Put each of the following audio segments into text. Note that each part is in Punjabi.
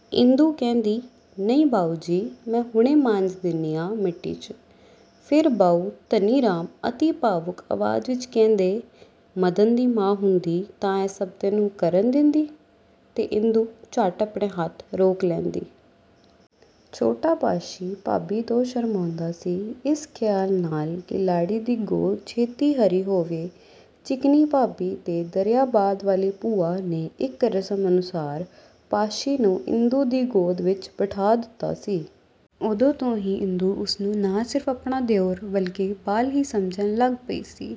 " ਇੰਦੂ ਕਹਿੰਦੀ-"ਨਹੀਂ ਬਾਊਜੀ, ਮੈਂ ਹੁਣੇ ਮਾਂਜ ਦੇਨੀ ਆਂ, ਮਿਟਾਂ 'ਚ। " ਫੇਰ ਬਾਊ ਧਨੀਰਾਮ ਅਤੀ ਭਾਵੁਕ ਆਵਾਜ਼ ਵਿਚ ਕਹਿੰਦੇ-"ਮਦਨ ਦੀ ਮਾਂ ਹੁੰਦੀ ਤਾਂ ਇਹ ਸਭ ਤੈਨੂੰ ਕਰਨ ਦੇਂਦੀ? " ਤੇ ਇੰਦੂ ਝੱਟ ਆਪਣੇ ਹੱਥ ਰੋਕ ਲੈਂਦੀ। ਛੋਟਾ ਪਾਸ਼ੀ ਭਾਬੀ ਤੋਂ ਸ਼ਰਮਾਉਂਦਾ ਸੀ। ਇਸ ਖ਼ਿਆਲ ਨਾਲ ਕਿ ਲਾੜੀ ਦੀ ਗੋਦ ਛੇਤੀ ਹਰੀ ਹੋਵੇ, ਚਿਕਨੀ ਭਾਬੀ ਤੇ ਦਰਿਆਬਾਦ ਵਾਲੀ ਭੂਆ ਨੇ ਇਕ ਰਸਮ ਅਨੁਸਾਰ ਪਾਸ਼ੀ ਨੂੰ ਇੰਦੂ ਦੀ ਗੋਦੀ ਵਿਚ ਬਿਠਾਅ ਦਿਤਾ ਸੀ। ਉਦੋਂ ਤੋਂ ਹੀ ਇੰਦੂ ਉਸਨੂੰ ਨਾ ਸਿਰਫ ਆਪਣਾ ਦਿਓਰ ਬਲਿਕੇ ਬਾਲ ਹੀ ਸਮਝਣ ਲੱਗ ਪਈ ਸੀ।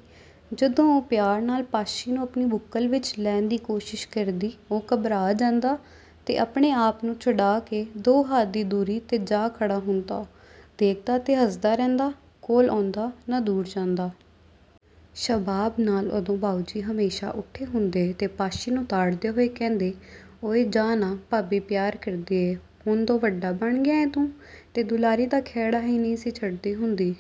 ਜਦੋਂ ਉਹ ਪਿਆਰ ਨਾਲ ਪਾਸ਼ੀ ਨੂੰ ਆਪਣੀ ਬੁੱਕਲ ਵਿਚ ਲੈਣ ਦੀ ਕੋਸ਼ਿਸ਼ ਕਰਦੀ, ਉਹ ਘਬਰਾ ਜਾਂਦਾ ਤੇ ਆਪਣੇ ਆਪ ਨੂੰ ਛੁਡਾਅ ਕੇ ਦੋ ਹੱਥ ਦੀ ਦੂਰੀ 'ਤੇ ਜਾ ਖੜ੍ਹਾ ਹੁੰਦਾ-ਦੇਖਦਾ ਤੇ ਹੱਸਦਾ ਰਹਿੰਦਾ; ਕੋਲ ਆਉਂਦਾ ਨਾ ਦੂਰ ਜਾਂਦਾ। ਸਬੱਬ ਨਾਲ ਉਦੋਂ ਬਾਊਜੀ ਹਮੇਸ਼ਾ ਉੱਥੇ ਹੁੰਦੇ ਤੇ ਪਾਸ਼ੀ ਨੂੰ ਤਾੜਦੇ ਹੋਏ ਕਹਿੰਦੇ-"ਓਇ ਜਾਹ ਨਾ… ਭਾਬੀ ਪਿਆਰ ਕਰਦੀ ਏ। ਹੁਣੇ ਤੋਂ ਵੱਡਾ ਬਣ ਗਿਆ ਏਂ ਤੂੰ? " ਤੇ ਦੁਲਾਰੀ ਤਾਂ ਖਹਿੜਾ ਹੀ ਨਹੀਂ ਸੀ ਛੱਡਦੀ ਹੁੰਦੀ।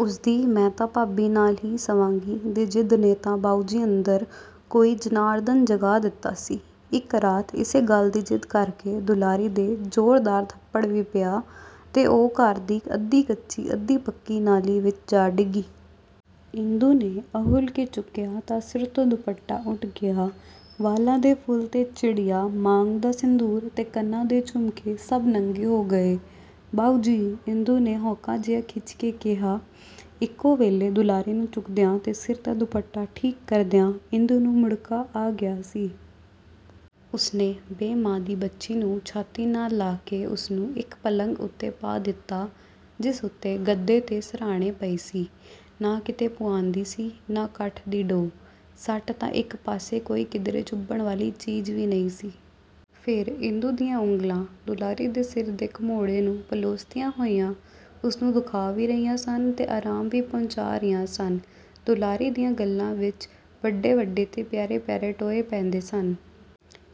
ਉਸਦੀ 'ਮੈਂ ਤਾਂ ਭਾਬੀ ਦੇ ਨਾਲ ਈ ਸੰਵਾਂਗੀ' ਦੀ ਜ਼ਿਦ ਨੇ ਤਾਂ ਬਾਊਜੀ ਅੰਦਰ ਕੋਈ ਜਨਾਰਧਨ ਜਗਾ ਦਿਤਾ ਸੀ। ਇਕ ਰਾਤ ਇਸੇ ਗੱਲ ਦੀ ਜ਼ਿਦ ਕਰਕੇ ਦੁਲਾਰੀ ਦੇ ਜ਼ੋਰਦਾਰ ਥੱਪੜ ਵੀ ਪਿਆ ਤੇ ਉਹ ਘਰ ਦੀ ਅੱਧੀ–ਕੱਚੀ, ਅੱਧੀ–ਪੱਕੀ ਨਾਲੀ ਵਿਚ ਜਾ ਡਿੱਗੀ। ਇੰਦੂ ਨੇ ਅਹੂਲ ਕੇ ਚੁੱਕਿਆ ਤਾਂ ਸਿਰ ਤੋਂ ਦੁੱਪਟਾ ਉੱਡ ਗਿਆ। ਵਾਲਾਂ ਦੇ ਫੁੱਲ ਤੇ ਚਿੜੀਆਂ, ਮਾਂਗ ਦਾ ਸਿੰਧੂਰ ਤੇ ਕੰਨਾਂ ਦੇ ਝੁਮਕੇ ਸਭ ਨੰਗੇ ਹੋ ਗਏ। "ਬਾਊਜੀ! " ਇੰਦੂ ਨੇ ਹਊਂਕਾ ਜਿਹਾ ਖਿੱਚ ਕੇ ਕਿਹਾ… ਇਕੋ ਵੇਲੇ ਦੁਲਾਰੀ ਨੂੰ ਚੁੱਕਦਿਆਂ ਤੇ ਸਿਰ ਦਾ ਦੁਪੱਟਾ ਠੀਕ ਕਰਦਿਆਂ ਇੰਦੂ ਨੂੰ ਮੁੜ੍ਹਕਾ ਆ ਗਿਆ ਸੀ। ਉਸਨੇ ਬੇ–ਮਾਂ ਦੀ ਬੱਚੀ ਨੂੰ ਛਾਤੀ ਨਾਲ ਲਾ ਕੇ ਉਸਨੂੰ ਇਕ ਪਲੰਘ ਉੱਤੇ ਪਾ ਦਿਤਾ, ਜਿਸ ਉੱਤੇ ਗੱਦੇ ਤੇ ਸਿਰਹਾਣੇ ਪਏ ਸੀ। ਨਾ ਕਿਤੇ ਪੁਆਂਦੀ ਸੀ ਨਾ ਕਾਠ ਦੀ ਢੋਅ। ਸੱਟ ਤਾਂ ਇਕ ਪਾਸੇ ਕੋਈ ਕਿਧਰੇ ਚੁਭਣ ਵਾਲੀ ਚੀਜ਼ ਵੀ ਨਹੀਂ ਸੀ। ਫੇਰ ਇੰਦੂ ਦੀਆਂ ਉਂਗਲਾਂ ਦੁਲਾਰੀ ਦੇ ਸਿਰ ਦੇ ਗਮੋੜ੍ਹੇ ਨੂੰ ਪਲੋਸਤੀਆਂ ਹੋਈਆਂ-ਉਸਨੂੰ ਦੁਖਾਅ ਵੀ ਰਹੀਆਂ ਸਨ ਤੇ ਆਰਾਮ ਵੀ ਪਹੁੰਚਾਅ ਰਹੀਆਂ ਸਨ। ਦੁਲਾਰੀਆਂ ਦੀਆਂ ਗੱਲ੍ਹਾਂ ਵਿਚ ਵੱਡੇ ਵੱਡੇ ਤੇ ਪਿਆਰੇ ਪਿਆਰੇ ਟੋਏ ਪੈਂਦੇ ਸਨ।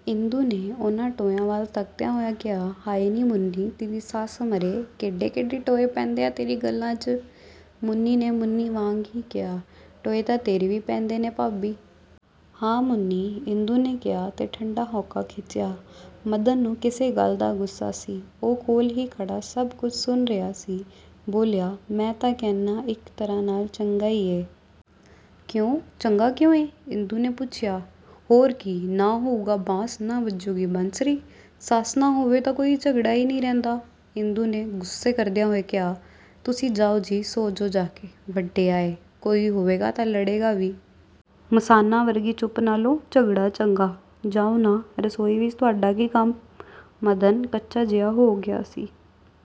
ਇੰਦੂ ਨੇ ਉਹਨਾਂ ਟੋਇਆਂ ਵੱਲ ਤੱਕਦਿਆਂ ਹੋਇਆਂ ਕਿਹਾ-"ਹਾਏ ਨੀਂ ਮੁੰਨੀਂ! ਤੇਰੀ ਸੱਸ ਮਰੇ, ਕੇਡੇ ਕੇਡੇ ਟੋਏ ਪੈਂਦੇ ਆ ਤੇਰੀਆਂ ਗੱਲ੍ਹਾਂ 'ਚ…! " ਮੁੰਨੀ ਨੇ ਮੁੰਨੀ ਵਾਂਗ ਹੀ ਕਿਹਾ-"ਟੋਏ ਤਾਂ ਤੇਰੇ ਵੀ ਪੈਂਦੇ ਨੇ ਭਾਬੀ! " "ਹਾਂ ਮੁੰਨੀ! " ਇੰਦੂ ਨੇ ਕਿਹਾ ਤੇ ਠੰਡਾ ਹਊਕਾ ਖਿੱਚਿਆ। ਮਦਨ ਨੂੰ ਕਿਸੇ ਗੱਲ ਦਾ ਗੁੱਸਾ ਸੀ। ਉਹ ਕੋਲ ਹੀ ਖੜ੍ਹਾ ਸਭ ਕੁਝ ਸੁਣ ਰਿਹਾ ਸੀ। ਬੋਲਿਆ, "ਮੈਂ ਤਾਂ ਕਹਿਣਾ, ਇਕ ਤਰ੍ਹਾਂ ਨਾਲ ਚੰਗਾ ਈ ਏ। " "ਕਿਉਂ, ਚੰਗਾ ਕਿਉਂ ਐ? " ਇੰਦੂ ਨੇ ਪੁੱਛਿਆ। "ਹੋਰ ਕੀ, ਨਾ ਹੋਊਗਾ ਬਾਂਸ, ਨਾ ਵੱਜੂਗੀ ਬੰਸਰੀ। ਸੱਸ ਨਾ ਹੋਵੇ ਤਾਂ ਕੋਈ ਝਗੜਾ ਈ ਨਹੀਂ ਰਹਿੰਦਾ। " ਇੰਦੂ ਨੇ ਗੁੱਸਾ ਕਰਦਿਆਂ ਹੋਇਆਂ ਕਿਹਾ-"ਤੁਸੀਂ ਜਾਓ ਜੀ, ਸੌਂ ਜੋ ਜਾ ਕੇ, ਵੱਡੇ ਆਏ… ਕੋਈ ਹੋਵੇਗਾ ਤਾਂ ਲੜੇਗਾ ਵੀ। ਮਸਾਨਾ ਵਰਗੀ ਚੁੱਪ ਨਾਲੋਂ ਝਗੜਾ ਚੰਗਾ। ਜਾਓ ਨਾ, ਰਸੋਈ ਵਿਚ ਤੁਹਾਡਾ ਕੀ ਕੰਮ? " ਮਦਨ ਕੱਚਾ ਜਿਹਾ ਹੋ ਗਿਆ ਸੀ।